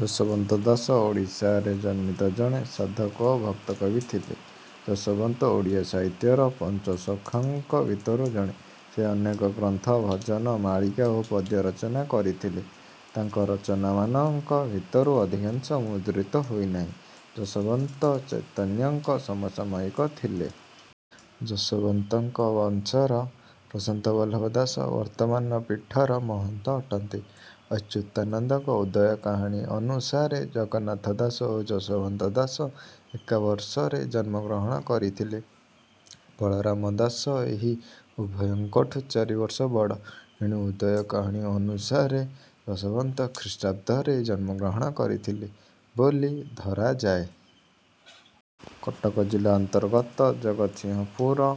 ଯଶୋବନ୍ତ ଦାସ ଓଡ଼ିଶାରେ ଜନ୍ମିତ ଜଣେ ସାଧକ ଓ ଭକ୍ତକବି ଥିଲେ। ଯଶୋବନ୍ତ ଓଡ଼ିଆ ସାହିତ୍ୟର ପଞ୍ଚସଖାଙ୍କ ଭିତରୁ ଜଣେ। ସେ ଅନେକ ଗ୍ରନ୍ଥ, ଭଜନ, ମାଳିକା ଓ ପଦ୍ୟ ରଚନା କରିଥିଲେ। ତାଙ୍କ ରଚନାମାନଙ୍କ ଭିତରୁ ଅଧିକାଂଶ ମୁଦ୍ରିତ ହୋଇନାହିଁ। ଯଶୋବନ୍ତ ଚୈତନ୍ୟଙ୍କ ସମସାମୟିକ ଥିଲେ। ଯଶୋବନ୍ତଙ୍କ ବଂଶର ପ୍ରଶାନ୍ତ ବଲ୍ଲଭ ଦାସ ବର୍ତ୍ତମାନ ପୀଠର ମହନ୍ତ ଅଟନ୍ତି। ଅଚ୍ୟୁତାନନ୍ଦଙ୍କ 'ଉଦୟ କାହାଣୀ' ଅନୁସାରେ ଜଗନ୍ନାଥ ଦାସ ଓ ଯଶୋବନ୍ତ ଦାସ ଏକା ବର୍ଷରେ ଜନ୍ମଗ୍ରହଣ କରିଥିଲେ। ବଳରାମ ଦାସ ଏହି ଉଭୟଙ୍କଠୁଁ ଚାରିବର୍ଷ ବଡ଼। ଏଣୁ 'ଉଦୟ କାହାଣୀ' ଅନୁସାରେ ଯଶୋବନ୍ତ ଖ୍ରୀଷ୍ଟାବ୍ଦ ରେ ଜନ୍ମଗ୍ରହଣ କରିଥିଲେ ବୋଲି ଧରାଯାଏ। କଟକ ଜିଲ୍ଲା ଅନ୍ତର୍ଗତ ଜଗତସିଂହପୁର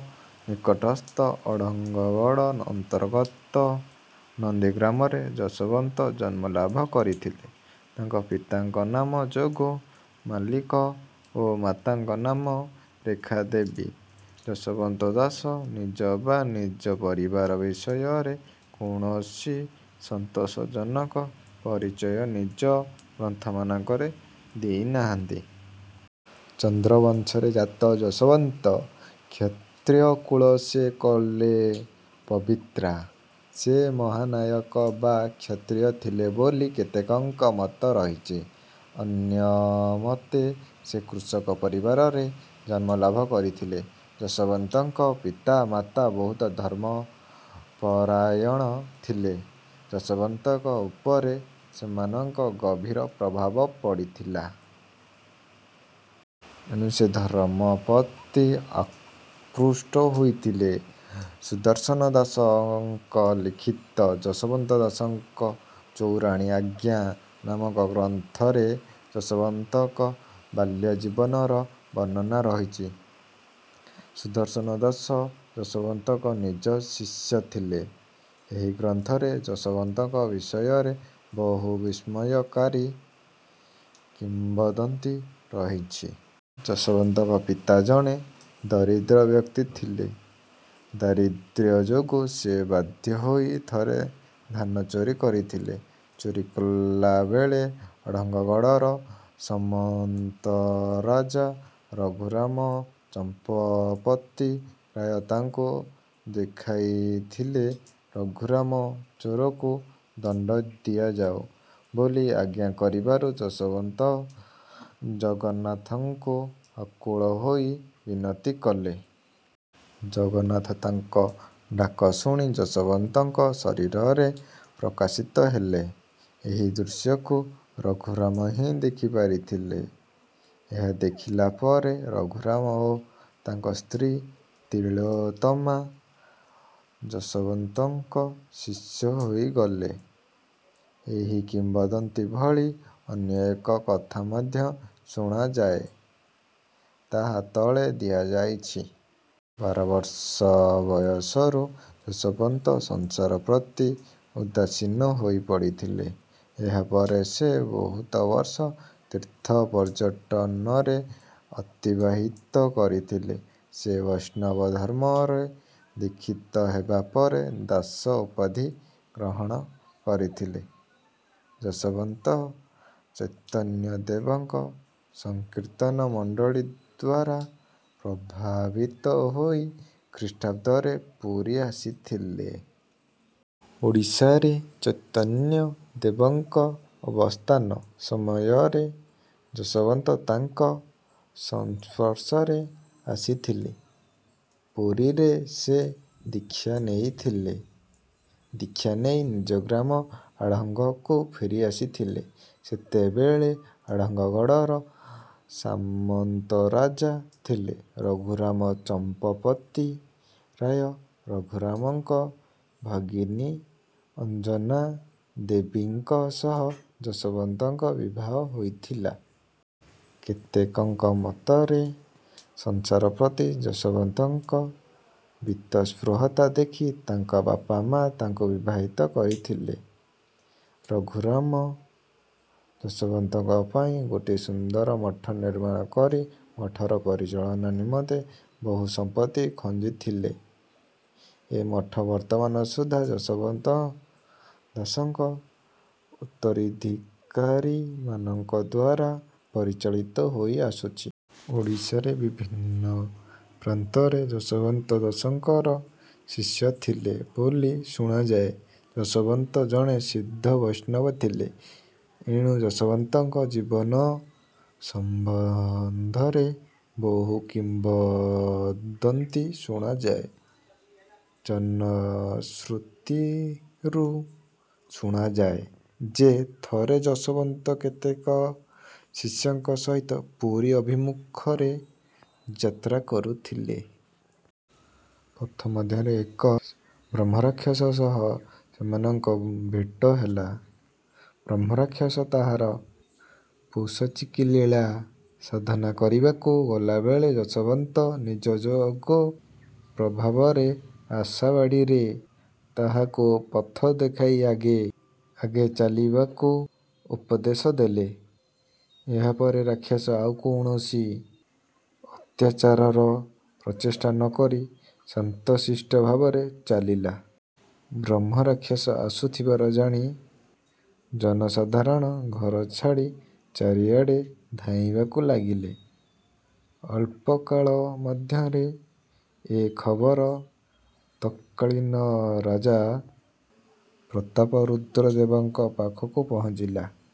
ନିକଟସ୍ଥ ଅଢ଼ଙ୍ଗଗଡ଼ ଅନ୍ତର୍ଗତ ନନ୍ଦୀଗ୍ରାମରେ ଯଶୋବନ୍ତ ଜନ୍ମଲାଭ କରିଥିଲେ। ତାଙ୍କ ପିତାଙ୍କ ନାମ ଜଗୁ ମଲ୍ଲିକ ଓ ମାତାଙ୍କ ନାମ ରେଖାଦେବୀ। ଯଶୋବନ୍ତ ଦାସ ନିଜ ବା ନିଜ ପରିବାର ବିଷୟରେ କୌଣସି ସନ୍ତୋଷଜନକ ପରିଚୟ ନିଜ ଗ୍ରନ୍ଥମାନଙ୍କରେ ଦେଇନାହାନ୍ତି। ଚନ୍ଦ୍ର ବଂଶରେ ଜାତ ଯଶୋବନ୍ତ। କ୍ଷତ୍ରିୟ କୁଳ ସେ କଲେ ପବିତ୍ର।। ସେ ମହାନାୟକ ବା କ୍ଷତ୍ରିୟ ଥିଲେ ବୋଲି କେତେକଙ୍କ ମତ ରହିଛି। ଅନ୍ୟମତେ ସେ କୃଷକ ପରିବାରରେ ଜନ୍ମଲାଭ କରିଥିଲେ। ଯଶୋବନ୍ତଙ୍କ ପିତା ମାତା ବହୁତ ଧର୍ମ ପରାୟଣ ଥିଲେ। ଯଶୋବନ୍ତଙ୍କ ଉପରେ ସେମାନଙ୍କ ଗଭୀର ପ୍ରଭାବ ପଡ଼ିଥିଲା। ଏଣୁ ସେ ଧର୍ମ ପ୍ରତି ଆକୃଷ୍ଟ ହୋଇଥିଲେ। ସୁଦର୍ଶନ ଦାସଙ୍କ ଲିଖିତ 'ଯଶୋବନ୍ତ ଦାସଙ୍କ ଚଉରାଶି ଆଜ୍ଞା' ନାମକ ଗ୍ରନ୍ଥରେ ଯଶୋବନ୍ତଙ୍କ ବାଲ୍ୟ ଜୀବନର ବର୍ଣ୍ଣନା ରହିଛି। ସୁଦର୍ଶନ ଦାସ ଯଶୋବନ୍ତଙ୍କ ନିଜ ଶିଷ୍ୟ ଥିଲେ। ଏହି ଗ୍ରନ୍ଥରେ ଯଶୋବନ୍ତଙ୍କ ବିଷୟରେ ବହୁ ବିସ୍ମୟକାରୀ କିମ୍ବଦନ୍ତୀ ରହିଛି। ଯଶୋବନ୍ତଙ୍କ ପିତା ଜଣେ ଦରିଦ୍ର ବ୍ୟକ୍ତି ଥିଲେ। ଦାରିଦ୍ର୍ୟ ଯୋଗୁଁ ସେ ବାଧ୍ୟ ହୋଇ ଥରେ ଧାନ ଚୋରି କରିଥିଲେ। ଚୋରି କଲାବେଳେ ଅଢ଼ଙ୍ଗଗଡ଼ର ସାମନ୍ତରାଜା ରଘୁରାମ ଚ଼ମ୍ପପତି ରାୟ ତାଙ୍କୁ ଦେଖିଦେଇଥିଲେ। ରଘୁରାମ ଚୋରକୁ ଦଣ୍ଡ ଦିଆଯାଉ ବୋଲି ଆଜ୍ଞା କରିବାରୁ ଯଶୋବନ୍ତ ଜଗନ୍ନାଥଙ୍କୁ ଆକୁଳ ହୋଇ ବିନତି କଲେ। ଜଗନ୍ନାଥ ତାଙ୍କ ଡାକ ଶୁଣି ଯଶୋବନ୍ତଙ୍କ ଶରୀରରେ ପ୍ରକାଶିତ ହେଲେ। ଏହି ଦୃଶ୍ୟକୁ ରଘୁରାମ ହିଁ ଦେଖିପାରିଥିଲେ। ଏହା ଦେଖିଲାପରେ ରଘୁରାମ ଓ ତାଙ୍କ ସ୍ତ୍ରୀ ତିଳୋତ୍ତମା ଯଶୋବନ୍ତଙ୍କ ଶିଷ୍ୟ ହୋଇଗଲେ। ଏହି କିମ୍ବଦନ୍ତୀ ଭଳି ଅନ୍ୟ ଏକ କଥା ମଧ୍ୟ ଶୁଣାଯାଏ। ତାହା ତଳେ ଦିଆଯାଇଛି। ବାରବର୍ଷ ବୟସରୁ ଯଶୋବନ୍ତ ସଂସାର ପ୍ରତି ଉଦାସୀନ ହୋଇପଡ଼ିଥିଲେ। ଏହା ପରେ ସେ ବହୁତ ବର୍ଷ ତୀର୍ଥ ପର୍ଯ୍ୟଟନରେ ଅତିବାହିତ କରିଥିଲେ। ସେ ବୈଷ୍ଣବ ଧର୍ମରେ ଦୀକ୍ଷିତ ହେବା ପରେ 'ଦାସ' ଉପାଧି ଗ୍ରହଣ କରିଥିଲେ। ଯଶୋବନ୍ତ ଚୈତନ୍ୟ ଦେବଙ୍କ ସଂକୀର୍ତ୍ତନ ମଣ୍ଡଳୀଦ୍ୱାରା ପ୍ରଭାବିତ ହୋଇ ଖ୍ରୀଷ୍ଟାବ୍ଦ ରେ ପୁରୀ ଆସିଥିଲେ। ଓଡ଼ିଶାରେ ଚୈତନ୍ୟ ଦେବଙ୍କ ଅବସ୍ଥାନ ସମୟରେ ଯଶୋବନ୍ତ ତାଙ୍କ ସଂସ୍ପର୍ଶରେ ଆସିଥିଲେ। ପୁରୀରେ ସେ ଦୀକ୍ଷା ନେଇଥିଲେ। ଦୀକ୍ଷା ନେଇ ନିଜ ଗ୍ରାମ ଅଢ଼ଙ୍ଗକୁ ଫେରିଆସିଥିଲେ। ସେତେବେଳେ ଅଢ଼ଙ୍ଗଗଡ଼ର ସାମନ୍ତ ରାଜା ଥିଲେ ରଘୁରାମ ଚମ୍ପପତି ରାୟ। ରଘୁରାମଙ୍କ ଭଗିନୀ ଅଞ୍ଜନା ଦେବୀଙ୍କ ସହ ଯଶୋବନ୍ତଙ୍କ ବିବାହ ହୋଇଥିଲା। କେତେକଙ୍କ ମତରେ ସଂସାର ପ୍ରତି ଯଶୋବନ୍ତଙ୍କ ବୀତସ୍ପୃହତା ଦେଖି ତାଙ୍କ ବାପା ମା ତାଙ୍କୁ ବିବାହିତ କରିଥିଲେ। ରଘୁରାମ ଯଶୋବନ୍ତଙ୍କ ପାଇଁ ଗୋଟିଏ ସୁନ୍ଦର ମଠ ନିର୍ମାଣ କରି ମଠର ପରିଚାଳନା ନିମନ୍ତେ ବହୁ ସମ୍ପତ୍ତି ଖଞ୍ଜିଥିଲେ। ଏ ମଠ ବର୍ତ୍ତମାନ ସୁଦ୍ଧା ଯଶୋବନ୍ତ ଦାସଙ୍କ ଉତ୍ତରାଧିକାରୀମାନଙ୍କଦ୍ୱାରା ପରିଚାଳିତ ହୋଇ ଆସୁଛି। ଓଡ଼ିଶାର ବିଭିନ୍ନ ପ୍ରାନ୍ତରେ ଯଶୋବନ୍ତ ଦାସଙ୍କର ଶିଷ୍ୟ ଥିଲେ ବୋଲି ଶୁଣାଯାଏ। ଯଶୋବନ୍ତ ଜଣେ ସିଦ୍ଧ ବୈଷ୍ଣବ ଥିଲେ। ଏଣୁ ଯଶୋବନ୍ତଙ୍କ ଜୀବନ ସମ୍ବନ୍ଧରେ ବହୁ କିମ୍ବଦନ୍ତୀ ଶୁଣାଯାଏ। ଜନଶ୍ରୁତିରୁ ଶୁଣାଯାଏ ଯେ ଥରେ ଯଶୋବନ୍ତ କେତେକ ଶିଷ୍ୟଙ୍କ ସହିତ ପୁରୀ ଅଭିମୁଖରେ ଯାତ୍ରା କରୁଥିଲେ। ପଥ ମଧ୍ୟରେ ଏକ ବ୍ରହ୍ମରାକ୍ଷସ ସହ ସେମାନଙ୍କ ଭେଟ ହେଲା। ବ୍ରହ୍ମରାକ୍ଷସ ତାହାର ପୈଶାଚିକୀ ଲୀଳା ସାଧନା କରିବାକୁ ଗଲାବେଳେ ଯଶୋବନ୍ତ ନିଜ ଯୋଗ ପ୍ରଭାବରେ ଆଶାବାଡ଼ିରେ ତାହାକୁ ପଥ ଦେଖାଇ ଆଗେ ଆଗେ ଚାଲିବାକୁ ଉପଦେଶ ଦେଲେ। ଏହା ପରେ ରାକ୍ଷସ ଆଉ କୌଣସି ଅତ୍ୟାଚାରର ପ୍ରଚେଷ୍ଟା ନ କରି ଶାନ୍ତ ଶିଷ୍ଟ ଭାବରେ ଚାଲିଲା। ବ୍ରହ୍ମରାକ୍ଷସ ଆସୁଥିବାର ଜାଣି ଜନସାଧାରଣ ଘର ଛାଡ଼ି ଚାରିଆଡ଼େ ଧାଇଁବାକୁ ଲାଗିଲେ। ଅଳ୍ପକାଳ ମଧ୍ୟରେ ଏ ଖବର ତତ୍କାଳୀନ ରାଜା ପ୍ରତାପରୁଦ୍ର ଦେବଙ୍କ ପାଖକୁ ପହଞ୍ଚିଲା।